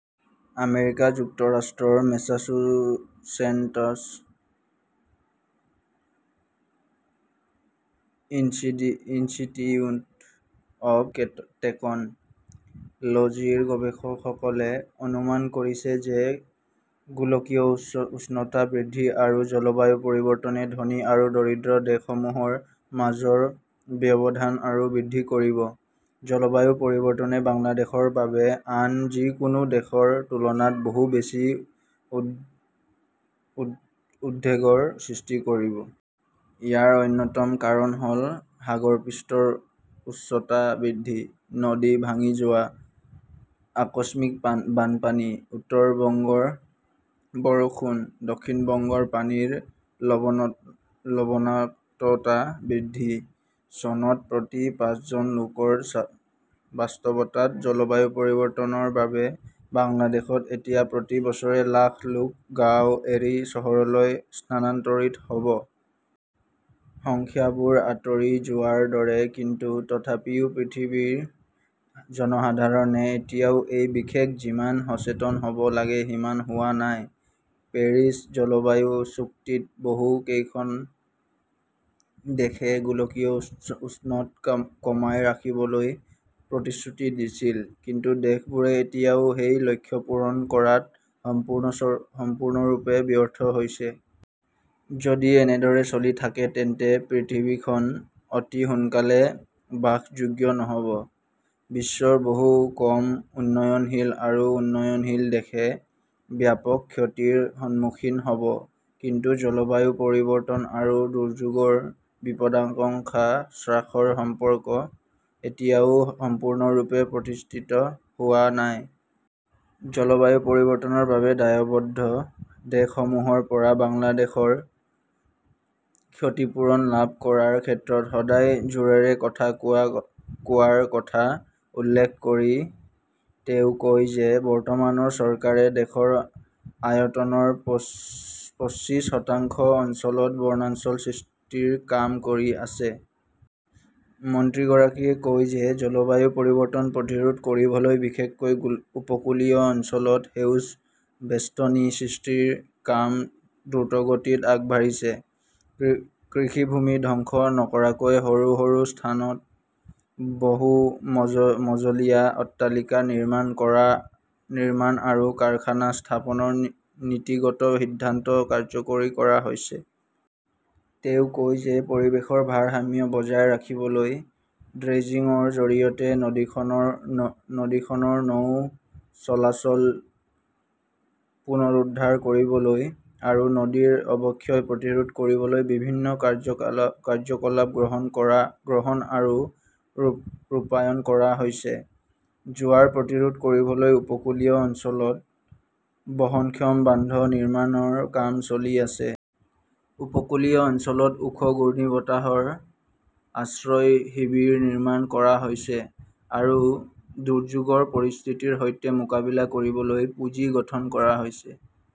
America যুক্তৰাষ্ট্ৰৰ Massachusetts ইনচিটি institute of টেকন' লজিৰ গৱেষকসকলে অনুমান কৰিছে যে গোলকীয় উচ্চ উষ্ণতা বৃদ্ধি আৰু জলবায়ু পৰিৱৰ্তনে ধনী আৰু দৰিদ্ৰ দেশসমূহৰ মাজৰ ব্যৱধান আৰু বৃদ্ধি কৰিব। জলবায়ু পৰিৱৰ্তনে বাংলাদেশৰ বাবে আন যিকোনো দেশৰ তুলনাত বহু বেছি উ উদ্বেগৰ সৃষ্টি কৰিব। ইয়াৰ অন্যতম কাৰণ হ'ল সাগৰপৃষ্ঠৰ উচ্চতা বৃদ্ধি, নদী ভাঙি যোৱা, আকস্মিক বান বানপানী, উত্তৰ বংগৰ বৰষুণ, দক্ষিণ বংগৰ পানীৰ লবণা লবণাক্ততা বৃদ্ধি, চনত প্ৰতি পাঁচজন লোকৰ বাস্তৱতাত জলবায়ু পৰিৱৰ্তনৰ বাবে বাংলাদেশত এতিয়া প্ৰতি বছৰে লাখ লোক গাঁৱ এৰি চহৰলৈ স্থানান্তৰিত হ'ব। সংখ্যাবোৰ আতৰি যোৱাৰ দৰে। কিন্তু তথাপিও পৃথিৱীৰ জনসাধাৰণে এতিয়াও এই বিখেক যিমান সচেতন হ'ব লাগে সিমান হোৱা নাই। পেৰিছ জলবায়ু চুক্তিত বহু কেইখন দেশে গোলকীয় উষ্ণত কম কমাই ৰাখিবলৈ প্ৰতিশ্ৰুতি দিছিল। কিন্তু দেশবোৰে এতিয়াও সেই লক্ষ্য পূৰণ কৰাত সম্পূৰ্ণচ সম্পূৰ্ণৰূপে ব্যৰ্থ হৈছে। যদি এনেদৰে চলি থাকে তেন্তে পৃথিৱীখন অতি সোনকালে বাসযোগ্য নহ'ব। বিশ্বৰ বহু কম উন্নয়নশীল আৰু উন্নয়নশীল দেশে ব্যাপক ক্ষতিৰ সন্মুখীন হ'ব। কিন্তু জলবায়ু পৰিৱৰ্তন আৰু দুৰ্যোগৰ বিপদাশংকা হ্ৰাসৰ সম্পৰ্ক এতিয়াও সম্পূৰ্ণৰূপে প্ৰতিষ্ঠিত হোৱা নাই। জলবায়ু পৰিৱৰ্তনৰ বাবে দায়বদ্ধ দেশসমূহৰ পৰা বাংলাদেশৰ ক্ষতিপূৰণ লাভ কৰাৰ ক্ষেত্ৰত সদায় জোৰেৰে কথা কোৱাৰ কথা কোৱাৰ কথা উল্লেখ কৰি তেওঁ কয় যে, বৰ্তমানৰ চৰকাৰে দেশৰ আয়তনৰ পঁচি পঁচিশ শতাংশ অঞ্চলত বনাঞ্চল সৃষ্টিৰ কাম কৰি আছে। মন্ত্ৰীগৰাকীয়ে কয় যে, জলবায়ু পৰিৱৰ্তন প্ৰতিৰোধ কৰিবলৈ বিশেষকৈ উপকূলীয় অঞ্চলত সেউজ বেষ্টনী সৃষ্টিৰ কাম দ্ৰুতগতিত আগবাঢ়িছে। কৃ কৃষিভূমি ধ্বংস নকৰাকৈ সৰু সৰু স্থানত বহু-মজ মজলীয়া অট্টালিকা নিৰ্মাণ কৰা নিৰ্মাণ আৰু কাৰখানা স্থাপনৰ নীতিগত সিদ্ধান্ত কাৰ্যকৰী কৰা হৈছে। তেওঁ কয় যে পৰিৱেশৰ ভাৰসাম্য বজাই ৰাখিবলৈ ড্ৰেজিংৰ জৰিয়তে নদীখনৰ নদীখনৰ নৌ চলাচল পুনৰুদ্ধাৰ কৰিবলৈ আৰু নদীৰ অৱক্ষয় প্ৰতিৰোধ কৰিবলৈ বিভিন্ন কাৰ্যকলাপ কাৰ্যকলাপ গ্ৰহণ কৰা গ্ৰহণ আৰু ৰূপ ৰূপায়ণ কৰা হৈছে। জোৱাৰ প্ৰতিৰোধ কৰিবলৈ উপকূলীয় অঞ্চলত বহনক্ষম বান্ধ নিৰ্মাণৰ কাম চলি আছে। উপকূলীয় অঞ্চলত ওখ ঘূৰ্ণীবতাহৰ আশ্ৰয় শিবিৰ নিৰ্মাণ কৰা হৈছে আৰু দুৰ্যোগৰ পৰিস্থিতিৰ সৈতে মোকাবিলা কৰিবলৈ পুঁজি গঠন কৰা হৈছে।